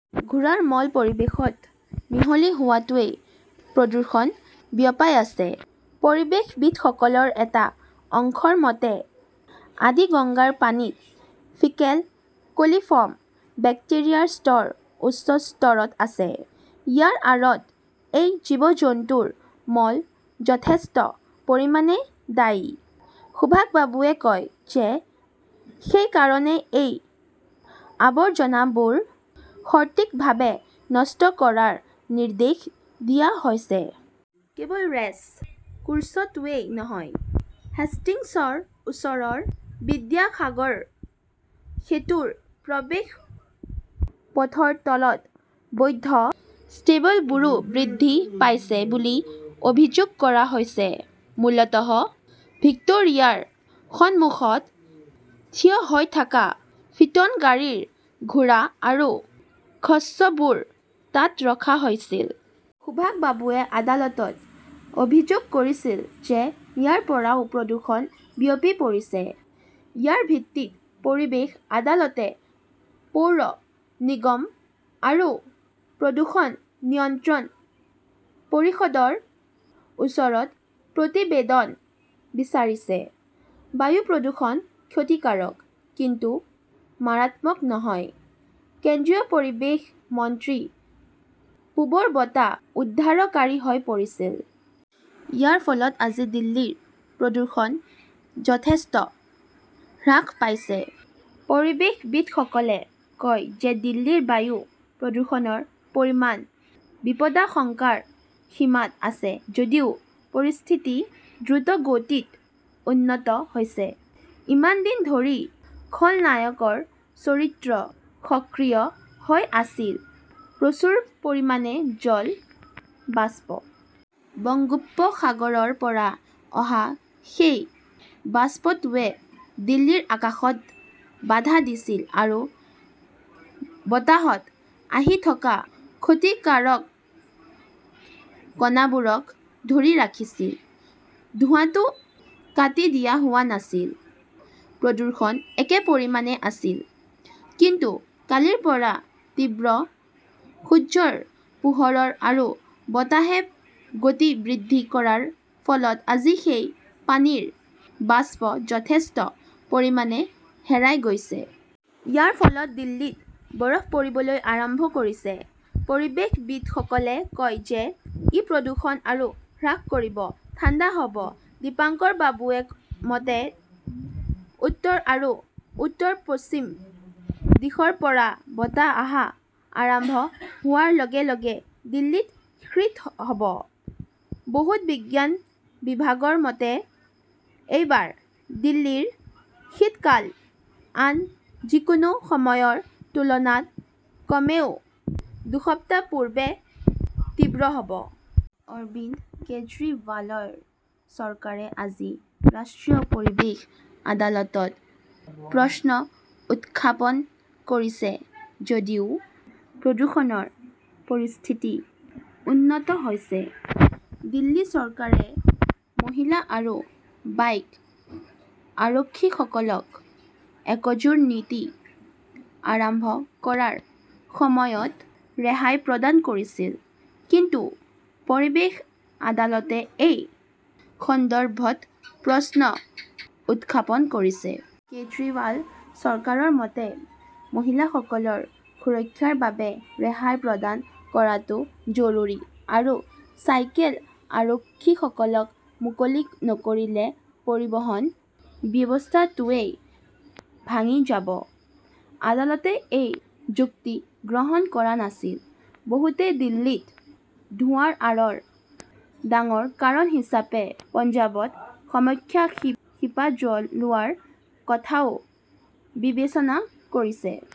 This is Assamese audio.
ঘোঁৰাৰ মল পৰিৱেশত মিহলি হোৱাটোৱে প্ৰদূষণ বিয়পাই আছে। পৰিৱেশবিদসকলৰ এটা অংশৰ মতে, আদিগঙ্গাৰ পানীত ফিকেল কলিফৰ্ম বেক্টেৰিয়াৰ স্তৰ উচ্চ স্তৰত আছে। ইয়াৰ আঁৰত এই জীৱ-জন্তুৰ মল যথেষ্ট পৰিমাণে দায়ী। সুভাষ বাবুৱে কয় যে সেই কাৰণে এই আৱৰ্জনাবোৰ সঠিকভাৱে নষ্ট কৰাৰ নিৰ্দেশ দিয়া হৈছে। কেৱল ৰেচ কোৰ্চটোৱেই নহয়, হেষ্টিংছৰ ওচৰৰ বিদ্যাসাগৰ সেতুৰ প্ৰৱেশ পথৰ তলত অবৈধ ষ্টেবলবোৰো বৃদ্ধি পাইছে বুলি অভিযোগ কৰা হৈছে। মূলতঃ ভিক্টোৰিয়াৰ সন্মুখত থিয় হৈ থকা ফিটন গাড়ীৰ ঘোঁৰা আৰু খচ্চৰবোৰ তাত ৰখা হৈছিল। সুভাষ বাবুৱে আদালতত অভিযোগ কৰিছিল যে ইয়াৰ পৰাও প্ৰদূষণ বিয়পি পৰিছে। ইয়াৰ ভিত্তিত পৰিৱেশ আদালতে পৌৰ নিগম আৰু প্ৰদূষণ নিয়ন্ত্ৰণ পৰিষদৰ ওচৰত প্ৰতিবেদন বিচাৰিছে। বায়ু প্ৰদূষণ ক্ষতিকাৰক, কিন্তু মাৰাত্মক নহয়। কেন্দ্ৰীয় পৰিৱেশ মন্ত্ৰী পূবৰ বতাহ উদ্ধাৰকাৰী হৈ পৰিছিল। ইয়াৰ ফলত আজি দিল্লীৰ প্ৰদূষণ যথেষ্ট হ্ৰাস পাইছে। পৰিৱেশবিদসকলে কয় যে দিল্লীৰ বায়ু প্ৰদূষণৰ পৰিমাণ বিপদাশংকাৰ সীমাত আছে যদিও পৰিস্থিতি দ্ৰুতগতিত উন্নত হৈছে। ইমান দিন ধৰি খলনায়কৰ চৰিত্ৰত সক্ৰিয় হৈ আছিল প্ৰচুৰ পৰিমাণে জল বাষ্প। বংগোপসাগৰৰ পৰা অহা সেই বাষ্পটোৱে দিল্লীৰ আকাশত বাধা দিছিল আৰু বতাহত ভাহি থকা ক্ষতিকাৰক কণাবোৰক ধৰি ৰাখিছিল। ধোঁৱাটো কাটি দিয়া হোৱা নাছিল। প্ৰদূষণ একে পৰিমাণৰ আছিল। কিন্তু কালিৰ পৰা তীব্ৰ সূৰ্যৰ পোহৰ আৰু বতাহে গতি বৃদ্ধি কৰাৰ ফলত আজি সেই পানীৰ বাষ্প যথেষ্ট পৰিমাণে হেৰাই গৈছে। ইয়াৰ ফলত দিল্লীত বৰফ পৰিবলৈ আৰম্ভ কৰিছে। পৰিৱেশবিদসকলে কয় যে ই প্ৰদূষণ আৰু হ্ৰাস কৰিব, ঠাণ্ডা হব। দীপঙ্কাৰবাবুৰ মতে, উত্তৰ আৰু উত্তৰ-পশ্চিম দিশৰ পৰা বতাহ অহা আৰম্ভ হোৱাৰ লগে-লগে দিল্লীত শীত হব। বতৰ বিজ্ঞান বিভাগৰ মতে, এইবাৰ দিল্লীৰ শীতকাল আন যিকোনো সময়ৰ তুলনাত কমেও দুসপ্তাহ পূৰ্বে তীব্ৰ হব। অৰবিন্দ কেজৰিৱালৰ চৰকাৰে আজি ৰাষ্ট্ৰীয় পৰিৱেশ আদালতত প্ৰশ্ন উত্থাপন কৰিছে যদিও প্ৰদূষণৰ পৰিস্থিতি উন্নত হৈছে। দিল্লী চৰকাৰে মহিলা আৰু বাইক আৰোহীসকলক একজোৰ নীতি আৰম্ভ কৰাৰ সময়ত ৰেহাই প্ৰদান কৰিছিল। কিন্তু পৰিৱেশ আদালতে এই সন্দৰ্ভত প্ৰশ্ন উত্থাপন কৰিছে। কেজৰিৱাল চৰকাৰৰ মতে, মহিলাসকলৰ সুৰক্ষাৰ বাবে ৰেহাই প্ৰদান কৰাটো জৰুৰী আৰু চাইকেল আৰোহীসকলক মুকলি নকৰিলে পৰিবহণ ব্যৱস্থাটোৱেই ভাঙি যাব। আদালতে এই যুক্তি গ্ৰহণ কৰা নাছিল। বহুতে দিল্লীত ধোঁৱাৰ আঁৰৰ ডাঙৰ কাৰণ হিচাপে পঞ্জাৱত শস্যৰ শিপা জ্বলোৱাৰ কথাও বিবেচনা কৰিছে।